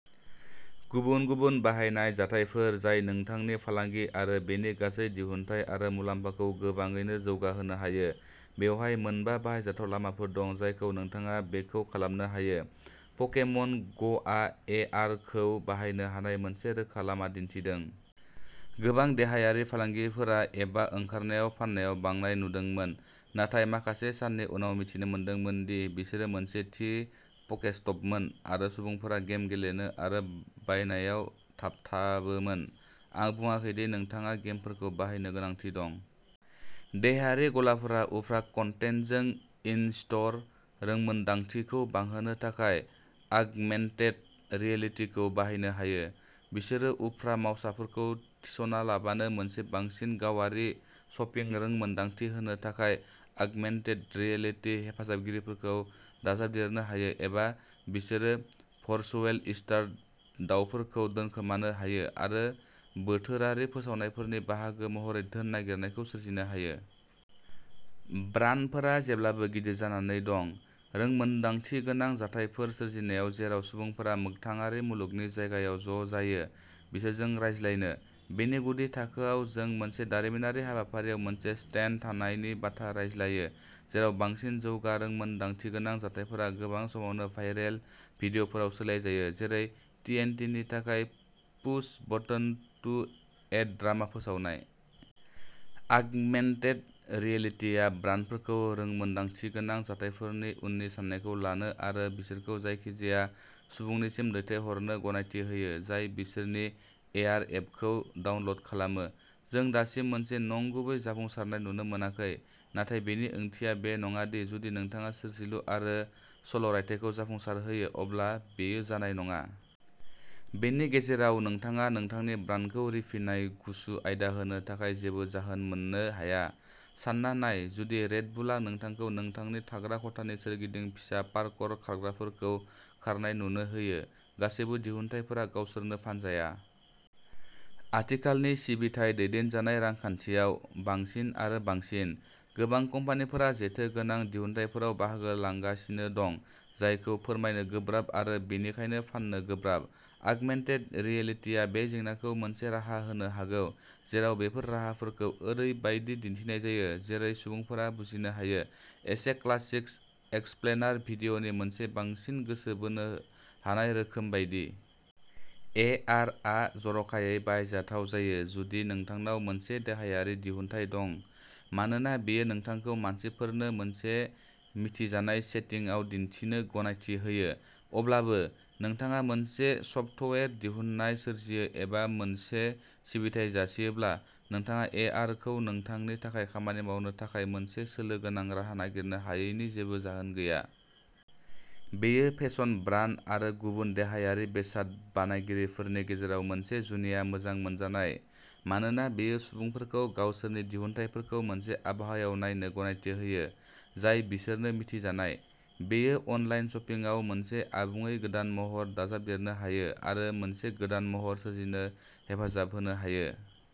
गुबुन-गुबुन बाहायनाय जाथायफोर जाय नोंथांनि फालांगि आरो बेनि गासै दिहुनथाइ आरो मुलाम्फाखौ गोबाङैनो जौगाहोनो हायो। बेवहाय मोनबा बाहायजाथाव लामाफोर दं जायखौ नोंथाङा बेखौ खालामनो हायो। पकेमन ग'आ ए आर खौ बाहायनो हानाय मोनसे रोखा लामा दिन्थिदों। गोबां देहायारि फालांगिफोरा एपआ ओंखारनायाव फाननायाव बांनाय नुदोंमोन, नाथाय माखासे साननि उनाव मिथिनो मोनदोंमोन दि बिसोरो मोनसे थि पकेस्टपमोन आरो सुबुंफोरा गेम गेलेनो आरो बायनायाव थाबथाबोमोन। आं बुंङाखै दि नोंथाङा गेमफोरखौ बाहायनो गोनांथि दं। देहायारि गलाफोरा उफ्रा कन्टेन्टजों इन-स्ट'र रोंमोनदांथिखौ बांहोनो थाखाय आगमेन्टेड रियेलिटिखौ बाहायनो हायो। बिसोरो उफ्रा मावसाफोरखौ थिसनालाबानो मोनसे बांसिन गावारि शपिं रोंमोनदांथि होनो थाखाय आगमेन्टेड रियेलिटि हेफाजाबगिरिफोरखौ दाजाबदेरनो हायो एबा बिसोरो भर्चुवेल ईस्टार दावफोरखौ दोनखोमानो हायो आरो बोथोरारि फोसावनायफोरनि बाहागो महरै धोन नागिरनायखौ सोरजिनो हायो। ब्रान्डफोरा जेब्लाबो गिदिर जानानै दं। रोंमोन्दांथिगोनां जाथायफोर सोरजिनायाव जेराव सुबुंफोरा मोगथाङारि मुलुगनि जायगायाव ज'जायो बिसोरजों रायज्लायनो। बेनि गुदि थाखोआव, जों मोनसे दारिमिनारि हाबाफारियाव मोनसे स्टेन्ड थानायनि बाथ्रा रायज्लायो, जेराव बांसिन जौगा रोंमोन्दांथिगोनां जाथायफोरा गोबां समावनो भाइरेल भिडिय'फोराव सोलायजायो, जेरै टिएनटिनि थाखाय push button to add drama फोसावनाय। आगमेन्टेड रियेलिटिआ ब्रान्डफोरखौ रोंमोन्दांथिगोनां जाथायफोरनि उननि साननायखौ लानो आरो बिसोरखौ जायखिजाया सुबुंनिसिम दैथायहरनो गनायथि होयो जाय बिसोरनि एआर एपखौ डाउनल'ड खालामो। जों दासिम मोनसे नंगुबै जाफुंसारनाय नुनो मोनाखै, नाथाय बेनि ओंथिया बे नङा दि जुदि नोंथाङा सोरजिलु आरो सल'रायथाइखौ जाफुंसारहोयो अब्ला बेयो जानाय नङा। बेनि गेजेराव, नोंथाङा नोंथांनि ब्रान्डखौ रिफिनाय गुसु आयदा होनो थाखाय जेबो जाहोन मोननो हाया। सानना नाय जुदि रेड बुलआ नोंथांखौ नोंथांनि थाग्रा खथानि सोरगिदिं फिसा पार्कर खारग्राफोरखौ खारनाय नुनो होयो। गासैबो दिहुनथायफोरा गावसोरनो फानजाया। आथिखालनि सिबिथाइ-दैदेनजानाय रांखान्थियाव, बांसिन आरो बांसिन। गोबां कम्पानिफोरा जेथो गोनां दिहुनथायफोराव बाहागो लांगासिनो दं, जायखौ फोरमायनो गोब्राब आरो बेनिखायनो फाननो गोब्राब। आगमेन्टेड रियेलिटिआ बे जेंनाखौ मोनसे राहा होनो हागौ, जेराव बेफोर राहाफोरखौ ओरैबायदि दिन्थिनाय जायो, जेरै सुबुंफोरा बुजिनो हायो, एसे क्लासिक एक्सप्लेनार भिडिय'नि मोनसे बांसिन गोसो बोनो हानाय रोखोम बायदि। ए आर आ जर'खायै बाहायजाथाव जायो जुदि नोंथांनाव मोनसे देहायारि दिहुनथाय दं मानोना बेयो नोंथांखौ मानसिफोरनो मोनसे मिथिजानाय सेटिंआव दिन्थिनो गनायथि होयो। अब्लाबो, नोंथाङा मोनसे सफ्टवेयार दिहुनथाय सोरजियो एबा मोनसे सिबिथाइ जासियोब्ला, नोंथाङा ए आर खौ नोंथांनि थाखाय खामानि मावनो थाखाय मोनसे सोलो गोनां राहा नागिरनो हायैनि जेबो जाहोन गैया। बेयो फेसन ब्रान्ड आरो गुबुन देहायारि बेसाद बानायगिरिफोरनि गेजेराव मोनसे जुनिया मोजां मोनजानाय मानोना बेयो सुबुंफोरखौ गावसोरनि दिहुनथायफोरखौ मोनसे आबहावायाव नायनो गनायथि होयो जाय बिसोरनो मिथिजानाय। बेयो अनलाइन शपिंआव मोनसे आबुङै गोदान महर दाजाबदेरनो हायो आरो मोनसे गोदान महर सोरजिनो हेफाजाब होनो हायो।